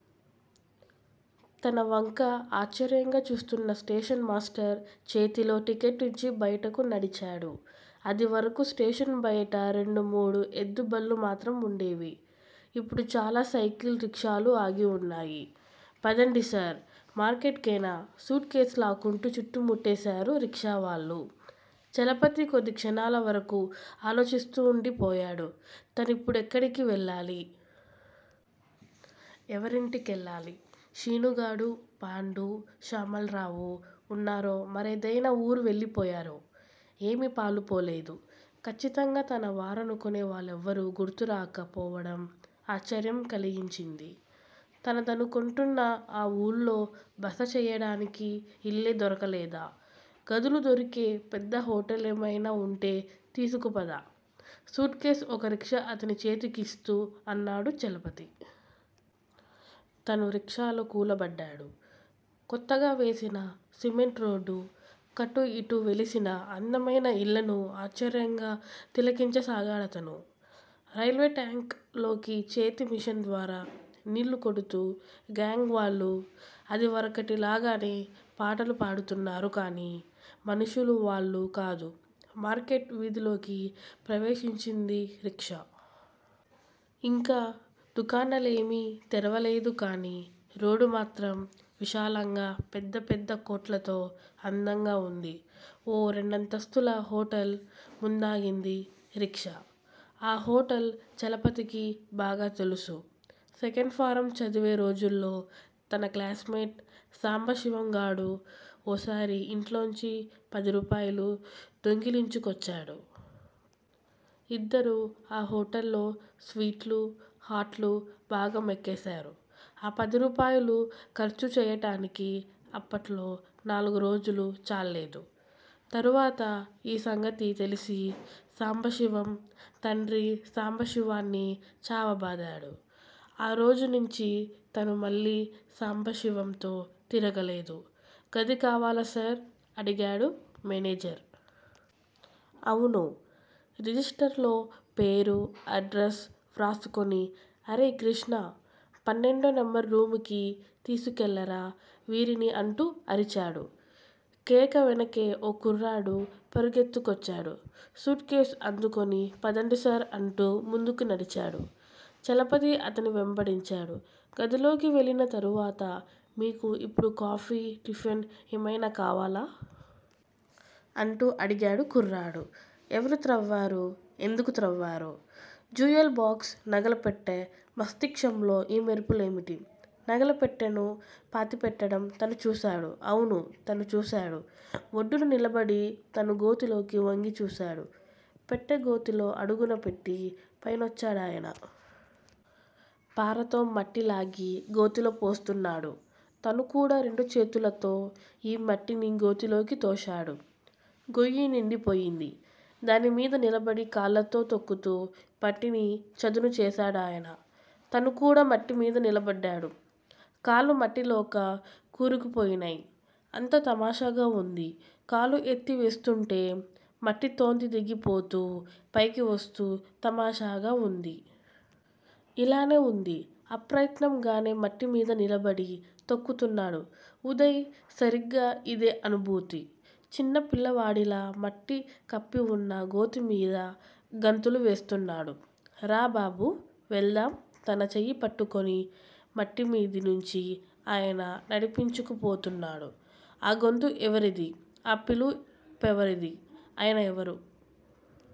తన వంక ఆశ్చర్యంగా చూస్తున్న స్టేషన్ మాస్టర్ చేతిలో టిక్కెట్టుంచి బయటకు నడిచాడు. అదివరకు స్టేషన్ బయట రెండు మూడు ఎద్దు బళ్ళు మాత్రం ఉండేవి. ఇప్పుడు చాలా సైకిల్ రిక్షాలు ఆగివున్నాయి. పదండిసార్! మార్కెట్ కేనా? సూట్ కేస్ లాక్కొంటూ చుట్టుముట్టేశారు రిక్షావాళ్ళు. చలపతి కొద్దిక్షణాల వరకూ ఆలోచిస్తూండిపోయాడు తనిప్పుడెక్కడికి వెళ్ళాలి? ఎవరింటి కెళ్ళాలి? శీనుగాడూ, పాండూ, శ్యామల్రావూ ఉన్నారో, మరేదయినా ఊరు వెళ్ళిపోయారో? ఏమీ పాలుపోలేదు. ఖచ్చితంగా తన వారనుకొనేవాళ్ళెవరూ గుర్తురాక పోవడం ఆశ్చర్యం కలిగించింది. తనదనుకొంటున్న ఆ ఊళ్ళో బసచేయడానికి ఇల్లే దొరకలేదా? గదులు దొరికే పెద్ద హోటలేమయినా ఉంటే తీసుకుపద! సూట్ కేస్ ఒక రిక్షా అతని చేతికిస్తూ అన్నాడు చలపతి. తనూ రిక్షాలో కూలబడ్డాడు, కొత్తగా వేసిన సిమెంట్ రోడ్డు కటూ ఇటూ వెలిసిన అందమయిన ఇళ్ళను ఆశ్చర్యంగా తిలకించసాగాడతను. రైల్వేట్యాంక్ లోకి చేతి మిషన్ ద్వారా నీళ్ళు కొడుతూ గ్యాంగ్ వాళ్ళు అదివరకటిలాగానే పాటలు పాడుతున్నారు కానీ, మనుషులు వాళ్ళు కాదు. మార్కెట్ వీధిలోకి ప్రవేశించింది రిక్షా. ఇంకా దుకాణాలేమీ తెరవలేదు కానీ, రోడ్డుమాత్రం, విశాలంగా పెద్ద పెద్ద కొట్లతో అందంగా ఉంది. ఓ రెండంతస్తుల హోటల్ ముందాగింది రిక్షా. ఆ హోటల్ చలపతికి బాగా తెలుసు. సెకండ్ ఫారం చదివే రోజుల్లో తన క్లాస్ మేట్ సాంబశివంగాడు ఓసారి ఇంట్లోంచి పది రూపాయలు దొంగిలించుకొచ్చాడు. ఇద్దరూ ఆ హోటల్లో స్వీట్లు, హాట్లు బాగా మెక్కేసారు. ఆ పదిరూపాయలు ఖర్చు చేయటానికి అప్పట్లో నాలుగు రోజులు చాల్లేదు. తరువాత ఈ సంగతి తెలిసి సాంబశివం తండ్రి సాంబశివాన్ని చావబాదాడు. ఆ రోజునుంచీ తను మళ్ళీ సాంబశివంతో తిరగలేదు. గది కావాలా సార్? అడిగాడు మేనేజర్. అవును! రిజిస్టర్ లో పేరూ, అడ్రస్ వ్రాసుకొని, అరేయ్ కృష్టా! పన్నెండో నెంబరు రూముకి తీసుకెళ్ళరా వీరిని అంటూ అరిచాడు. కేక వెనకే ఓ కుర్రాడు పరుగెత్తుకొచ్చాడు. సూట్ కేస్ అందుకొని, పదండి సార్ అంటూ ముందుకి నడిచాడు. చలపతి అతన్ని వెంబడించాడు. గదిలోకి వెళ్ళిన తరువాత మీకు ఇప్పుడు కాఫీ, టిఫిన్ ఏమయినా కావాలా? అంటూ అడిగాడు కుర్రాడు. ఎవరు త్రవ్వారు? ఎందుకు త్రవ్వారు? Jewel box! నగల పెట్టె! మస్తిష్కంలొ ఈ మెరుపు లేమిటి? నగల పెట్టెను పాతిపెట్టడం తను చూశాడు. అవును! తను చూశాడు. ఒడ్డున నిలబడి తను గోతిలోకి వంగి చూశాడు. పెట్టె గోతిలో అడుగున పెట్టి__పైనొచ్చాడాయన! పారతో మట్టిలాగి గోతిలో పోస్తున్నాడు. తనుకూడా రెండుచేతులతో ఈ మట్టిని గోతిలోకి తోశాడు. గొయ్యి నిండిపోయింది. దానిమీద నిలబడి కాళ్ళతో తొక్కుతూ మట్టిని చదును చేశాడాయన. తనుకూడా మట్టిమీద నిలబడ్డాడు. కాళ్ళు మట్టిలోక కూరుకుపోయినై. అంతా తమాషాగా ఉంది. కాళ్ళు ఎత్తి వేస్తూంటే మట్టితోందిగిపోతూ- పైకి వస్తూ తమాషాగా ఉంది. ఇలాగే వుంది. అప్రయత్నం గానే మట్టిమీద నిలబడి తొక్కుతున్నాడు ఉదయ్ సరిగ్గా ఇదే అనుభూతి. చిన్నపిల్లవాడిలా మట్టి కప్పివున్న గోతిమీద గంతులు వేస్తున్నాడు. రా! బాబూ! వెళ్దాం తన చెయ్యిపట్టుకొని మట్టిమీది నుంచి ఆయన నడిపించుకుపోతున్నాడు. ఆ గొంతు ఎవరిది? ఆ పిలు పెవరిది? ఆయన ఎవరు?